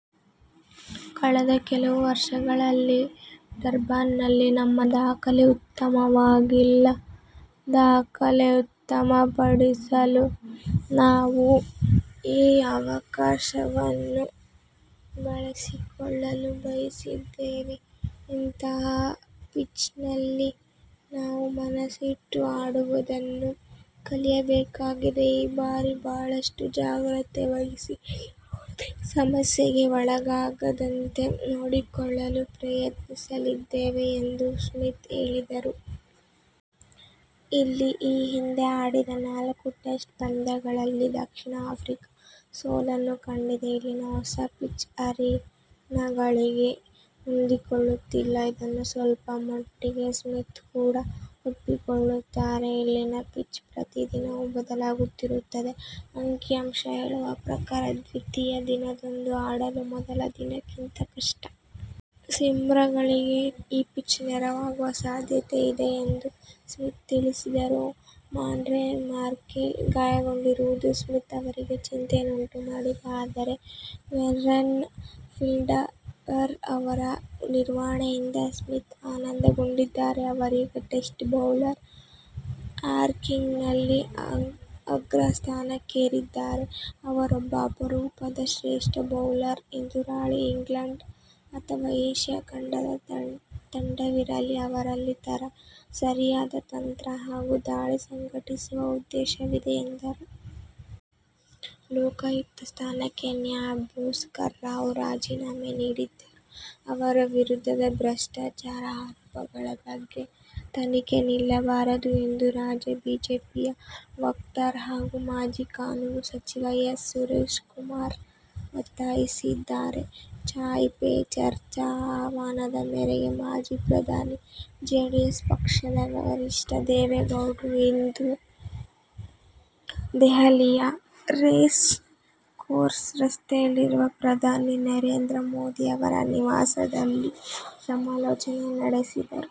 ಕಳೆದ ಕೆಲವು ವರ್ಷಗಳಲ್ಲಿ ಡರ್ಬಾನ್ನಲ್ಲಿ ನಮ್ಮ ದಾಖಲೆ ಉತ್ತಮವಾಗಿಲ್ಲ. ದಾಖಲೆ ಉತ್ತಮಪಡಿಸಲು ನಾವು ಈ ಅವಕಾಶವನ್ನು ಬಳಸಿಕೊಳ್ಳಲು ಬಯಸಿದ್ದೇವೆ. ಇಂತಹ ಪಿಚ್ನಲ್ಲಿ ನಾವು ಮನಸ್ಸಿಟ್ಟು ಆಡುವುದನ್ನು ಕಲಿಯಬೇಕಾಗಿದೆ. ಈ ಬಾರಿ ಬಹಳಷ್ಟು ಜಾಗ್ರತೆ ವಹಿಸಿ ಯಾವುದೇ ಸಮಸ್ಯೆಗೆ ಒಳಗಾಗದಂತೆ ನೋಡಿಕೊಳ್ಳಲು ಪ್ರಯತ್ನಿಸಲಿದ್ದೇವೆ ಎಂದು ಸ್ಮಿತ್ ಹೇಳಿದರು. ಇಲ್ಲಿ ಈ ಹಿಂದೆ ಆಡಿದ ನಾಲ್ಕು ಟೆಸ್ಟ್ ಪಂದ್ಯಗಳಲ್ಲಿ ದಕ್ಷಿಣ ಆಫ್ರಿಕಾ ಸೋಲನ್ನು ಕಂಡಿದೆ. ಇಲ್ಲಿನ ಹೊಸ ಪಿಚ್ ಹರಿಣಗಳಿಗೆ ಹೊಂದಿಕೊಳ್ಳುತ್ತಿಲ್ಲ. ಇದನ್ನು ಸ್ವಲ್ಪಮಟ್ಟಿಗೆ ಸ್ಮಿತ್ ಕೂಡ ಒಪ್ಪಿಕೊಳ್ಳುತ್ತಾರೆ. ಇಲ್ಲಿನ ಪಿಚ್ ಪ್ರತಿ ದಿನವೂ ಬದಲಾಗುತ್ತಿರುತ್ತದೆ. ಅಂಕಿಅಂಶ ಹೇಳುವ ಪ್ರಕಾರ ದ್ವಿತೀಯ ದಿನದಂದು ಆಡಲು ಮೊದಲ ದಿನಕ್ಕಿಂತ ಕಷ್ಟ. ಸೀಮರ್ಗಳಿಗೆ ಈ ಪಿಚ್ ನೆರವಾಗುವ ಸಾಧ್ಯತೆಯಿದೆ ಎಂದು ಸ್ಮಿತ್ ತಿಳಿಸಿದರು. ಮಾರ್ನೆ ಮಾರ್ಕೆಲ್ ಗಾಯಗೊಂಡಿರುವುದು ಸ್ಮಿತ್ ಅವರಿಗೆ ಚಿಂತೆಯನ್ನುಂಟುಮಾಡಿದೆ. ಆದರೆ ವೆರ್ನನ್ ಫಿಲಾಂಡರ್ ಅವರ ನಿರ್ವಹಣೆಯಿಂದ ಸ್ಮಿತ್ ಆನಂದಗೊಂಡಿದ್ದಾರೆ. ಅವರೀಗ ಟೆಸ್ಟ್ ಬೌಲರ್ ರ್ಯಾಂಕಿಂಗ್ನಲ್ಲಿ ಅಗ್ರಸ್ಥಾನಕ್ಕೇರಿದ್ದಾರೆ. ಅವರೊಬ್ಬ ಅಪರೂಪದ ಶ್ರೇಷ್ಠ ಬೌಲರ್. ಎದುರಾಳಿ ಇಂಗ್ಲಂಡ್ ಅಥವಾ ಏಶ್ಯ ಖಂಡದ ತಂಡವಿರಲಿ ಅವರಲ್ಲಿ ಸರಿಯಾದ ತಂತ್ರ ಹಾಗೂ ದಾಳಿ ಸಂಘಟಿಸುವ ಉದ್ದೇಶವಿದೆ ಎಂದರು. ಲೋಕಾಯುಕ್ತ ಸ್ಥಾನಕ್ಕೆ ನ್ಯಾ ಭಾಸ್ಕರ್ ರಾವ್ ರಾಜೀನಾಮೆ ನೀಡಿದ್ದರೂ ಅವರ ವಿರುದ್ಧದ ಭ್ರಷ್ಟಾಚಾರ ಆರೋಪಗಳ ಬಗ್ಗೆ ತನಿಖೆ ನಿಲ್ಲಬಾರದು ಎಂದು ರಾಜ್ಯ ಬಿಜೆಪಿಯ ವಕ್ತಾರ ಹಾಗೂ ಮಾಜಿ ಕಾನೂನು ಸಚಿವ ಎಸ್. ಸುರೇಶ್ಕುಮಾರ್ ಒತ್ತಾಯಿಸಿದ್ದಾರೆ. ಚಾಯ್ ಪೆ ಚರ್ಚಾ ಆಹ್ವಾನದ ಮೇರೆಗೆ ಮಾಜಿ ಪ್ರಧಾನಿ ಜೆಡಿಎಸ್ ಪಕ್ಷದ ವರಿಷ್ಠ ದೇವೇಗೌಡರು ಇಂದು ದೆಹಲಿಯ ರೇಸ್ ಕೋರ್ಸ್ ರಸ್ತೆಯಲ್ಲಿರುವ ಪ್ರಧಾನಿ ನರೇಂದ್ರ ಮೋದಿಯವರ ನಿವಾಸದಲ್ಲಿ ಸಮಾಲೋಚನೆ ನಡೆಸಿದರು.